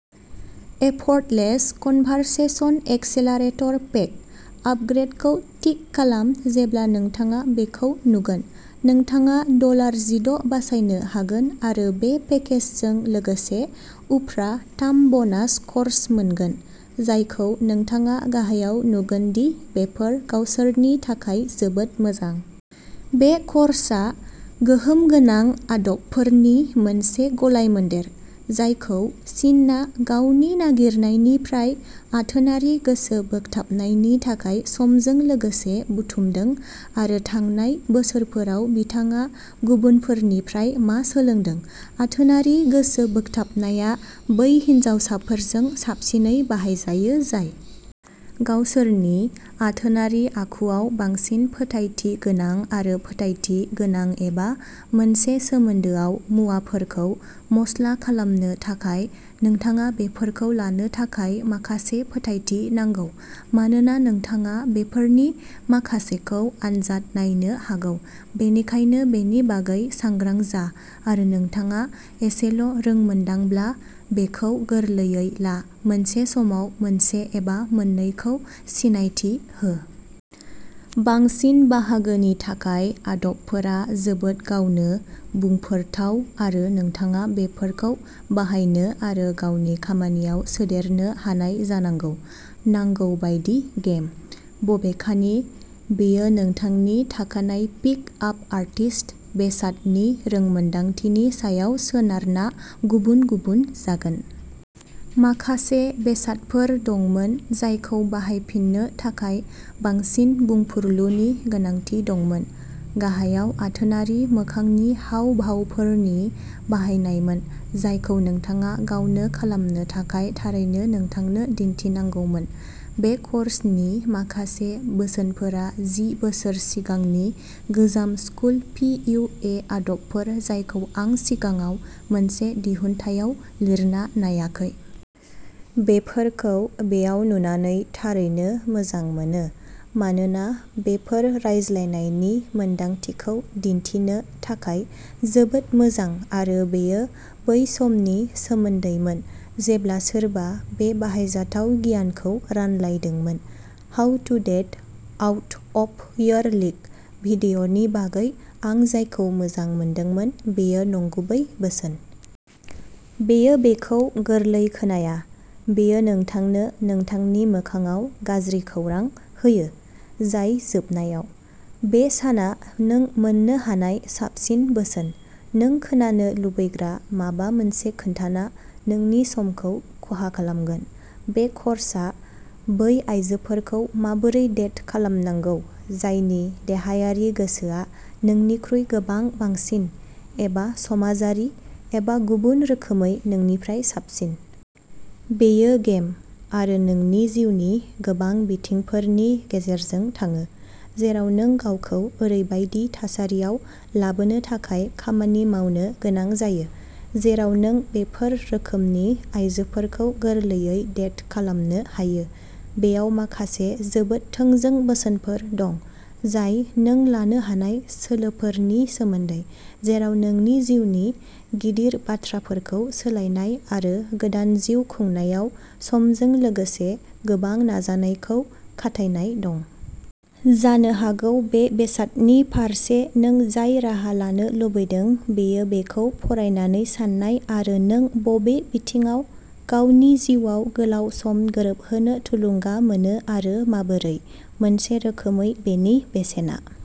"Effortless conversation accelerator pack" आपग्रेदखौ tick खालाम जेब्ला नोंथाङा बेखौ नुगोन। नोंथाङा डलार जिद' बासायनो हागोन आरो बे पेकेजजों लोगोसे उफ्रा थाम ब'नास क'र्स मोनगोन, जायखौ नोंथाङा गाहायाव नुगोन दि बेफोर गावसोरनि थाखाय जोबोद मोजां। बे क'र्सआ गोहोम गोनां आदबफोरनि मोनसे गलायमोन्देर जायखौ सिनआ गावनि नागिरनायनिफ्राय आथोनारि गोसो बोगथाबनायनि थाखाय समजों लोगोसे बुथुमदों आरो थांनाय बोसोरफोराव बिथाङा गुबुनफोरनिफ्राय मा सोलोंदों। आथोनारि गोसो बोगथाबनाया बै हिनजावसाफोरजों साबसिनै बाहायजायो जाय गावसोरनि आथोनारि आखुआव बांसिन फोथायथि गोनां आरो फोथायथि गोनां एबा मोनसे सोमोन्दोआव मुवाफोरखौ मस्ला खालामनो थाखाय नोंथाङा बेफोरखौ लानो थाखाय माखासे फोथायथि नांगौ, मानोना नोंथाङा बेफोरनि माखासेखौ आनजाद नायनो हागौ, बेनिखायनो बेनि बागै सांग्रां जा आरो नोंथाङा एसेल' रोंमोन्दांब्ला बेखौ गोरलैयै ला, मोनसे समाव मोनसे एबा मोननैखौ सिनायथि हो। बांसिन बाहागोनि थाखाय, आदबफोरा जोबोद गावनो बुंफोरथाव आरो नोंथाङा बेफोरखौ बाहायनो आरो गावनि खामानियाव सोदेरनो हानाय जानांगौ। नांगौ बायदि 'गेम'। बबेखानि, बेयो नोंथांनि थाखानाय पिक आप आर्टिस्ट बेसादनि रोंमोनदांथिनि सायाव सोनारना गुबुन-गुबुन जागोन। माखासे बेसादफोर दंमोन जायखौ बाहायफिननो थाखाय बांसिन बुंफुरलुनि गोनांथि दंमोन गाहायआ आथोनारि मोखांनि हाव भावफोरनि बाहायनायमोन, जायखौ नोंथाङा गावनो खालामनो थाखाय थारैनो नोंथांनो दिन्थिनांगौमोन। बे कर्सनि माखासे बोसोनफोरा जि बोसोर सिगांनि गोजाम स्कुल पि इउ ए आदबफोर जायखौ आं सिगाङाव मोनसे दिहुनथायाव लिरना नायाखै। बेफोरखौ बेयाव नुनानै थारैनो मोजां मोनो, मानोना बेफोर रायज्लायनायनि मोनदांथिखौ दिन्थिनो थाखाय जोबोद मोजां आरो बेयो बै समनि सोमोन्दैमोन जेब्ला सोरबा बे बाहायजाथाव गियानखौ रानलायदोंमोन। How to date out of your league भिडिय'नि बागै आं जायखौ मोजां मोनदोंमोन बेयो नंगुबै बोसोन। बेयो बेखौ गोरलै खोनाया, बेयो नोंथांनो नोंथांनि मोखांआव'गाज्रि खौरां'होयो। जाय जोबनायाव। बे साना नों मोन्नो हानाय साबसिन बोसोन। नों खोनानो लुबैग्रा माबा मोनसे खोन्थाना नोंनि समखौ खहा खालामगोन। बे कर्सआ बै आयजोफोरखौ माबोरै डेट खालामनांगौ जायनि देहायारि गोसोआ नोंनिख्रुइ गोबां बांसिन एबा समाजारि एबा गुबुन रोखोमै नोंनिफ्राय साबसिन। बेयो'गेम' आरो नोंनि जिउनि गोबां बिथिंफोरनि गेजेरजों थाङो, जेराव नों गावखौ ओरैबायदि थासारियाव लाबोनो थाखाय खामानि मावनो गोनां जायो, जेराव नों बेफोर रोखोमनि आयजोफोरखौ गोरलैयै डेट खालामनो हायो। बेयाव माखासे जोबोद थोंजों बोसोनफोर दं, जाय नों लानो हानाय सोलोफोरनि सोमोन्दै, जेराव नोंनि जिउनि गिदिर बाथ्राफोरखौ सोलायनाय आरो गोदान जिउ खुंनायाव समजों लोगोसे गोबां नाजानायखौ खाथायनाय दं। जानो हागौ बे बेसादनि फारसे नों जाय राहा लानो लुबैदों, बेयो बेखौ फरायनानै सान्नाय आरो नों बबे बिथिङाव गावनि जिउआव गोलाव सम गोरोबहोनो थुलुंगा मोनो आरो माबोरै। मोनसे रोखोमै, बेनि बेसेना।